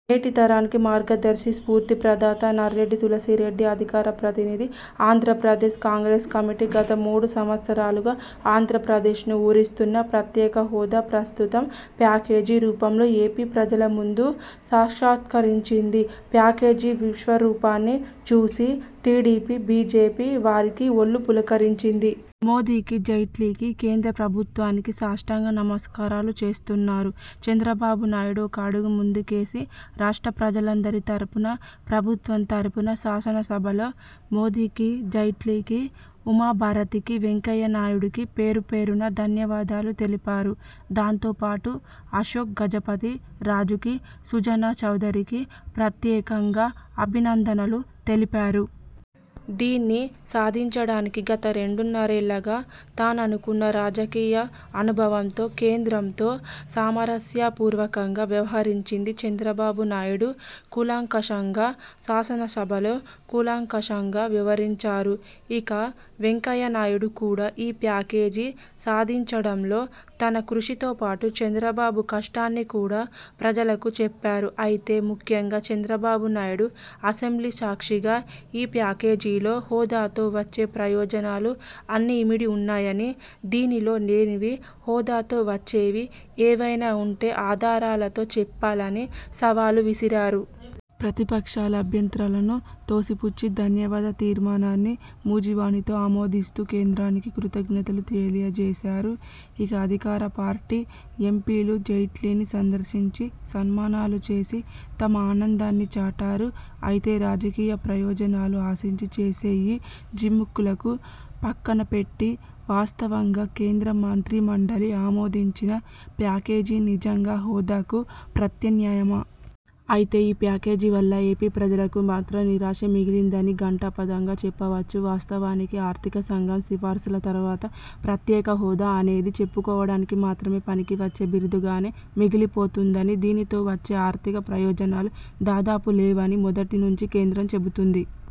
నేటి తరానికి మార్గదర్శి, స్ఫూర్తి ప్రదాత. నర్రెడ్డి తులసిరెడ్డిఅధికార ప్రతినిధి, ఆంధ్రప్రదేశ్ కాంగ్రెస్ కమిటీ। గత మూడు సంవత్సరాలుగా ఆంధ్రప్రదేశ్ను ఊరిస్తున్న ప్రత్యేక హోదా ప్రస్తుతం ''ప్యాకేజీ'' రూపంలో ఏపీ ప్రజల ముందు సాక్షాత్కరించింది. ప్యాకేజీ విశ్వరూపాన్ని చూసి టీడీపీ- – బీజేపీ వారికి వొళ్ళు పులకరించింది. మోదీకి-, జైట్లీకి,- కేంద్ర ప్రభుత్వానికి సాష్టాంగ నమస్కారాలు చేస్తున్నారు. చంద్రబాబు నాయుడు ఒక అడుగు ముందుకేసి, రాష్ట్ర ప్రజలందరి తరపున, ప్రభుత్వం తరపున- శాసనసభలో -మోదీకి, జైట్లీకి, ఉమాభారతికి, వెంకయ్యనాయుడుకి పేరుపేరునా ధన్యవాదాలు తెలిపారు. దాంతోపాటు అశోక్ గజపతి రాజుకి, సుజనా చౌదరికి ప్రత్యేకంగా అభినందనలు తెలిపారు. దీన్ని సాధించడానికి గత రెండున్నరేళ్లుగా తనకున్న రాజకీయ అనుభవంతో కేంద్రంతో సామరస్యపూర్వకంగా వ్యవహరించిందీ చంద్రబాబు నాయుడు కూలంకషంగా శాసనసభలో కూలంకషంగా వివరించారు. ఇక వెంకయ్య నాయుడు కూడా, ఈ ప్యాకేజీ సాధించడంలో తన కృషితో పాటు చంద్రబాబు కష్టాన్ని కూడా ప్రజలకు చెప్పారు. అయితే ముఖ్యంగా చంద్రబాబు నాయుడు అసెంబ్లీ సాక్షిగా ఈ ప్యాకేజీలో హోదాతో వచ్చే ప్రయోజనాలు అన్నీ ఇమిడి ఉన్నాయని, దీనిలో లేనివి హోదాతో వచ్చేవి ఏవైనా ఉంటే ఆధారాలతో చెప్పాలని సవాలు విసిరారు. ప్రతిపక్షాల అభ్యంతరాలను తోసిపుచ్చి ధన్యవాద తీర్మానాన్ని మూజువాణితో ఆమోదిస్తూ- కేంద్రానికి కృతజ్ఞతలు తెలియచేసారు. ఇక అధికార పార్టీ ఎంపీలు జైట్లీని దర్శించుకొని -సన్మానాలు చేసి తమ ఆనందాన్ని చాటారు. అయితే రాజకీయ ప్రయోజనాలు ఆశించి చేసే ఈ జిమ్మిక్కులను పక్కన పెట్టి వాస్తవంగా కేంద్ర మంత్రిమండలి ఆమోదించిన ప్యాకేజీ నిజంగా హోదాకు ప్రత్యామ్నాయమా? అయితే ఈ ప్యాకేజీ వల్ల ఏపీ ప్రజలకు మాత్రం నిరాశే మిగిలింది అని ఘంటాపథంగా చెప్పవచ్చు. వాస్తవానికి ఆర్థిక సంఘం సిఫార్సుల తరువాత- ప్రత్యేక హోదా అనేది -చెప్పుకోవడానికి మాత్రమే పనికి వచ్చే బిరుదుగానే మిగిలిపోతుందనీ,- దీనితో వచ్చే ఆర్థిక ప్రయోజనాలు దాదాపు లేవని మొదటి నుంచి కేంద్రం చెబుతోంది.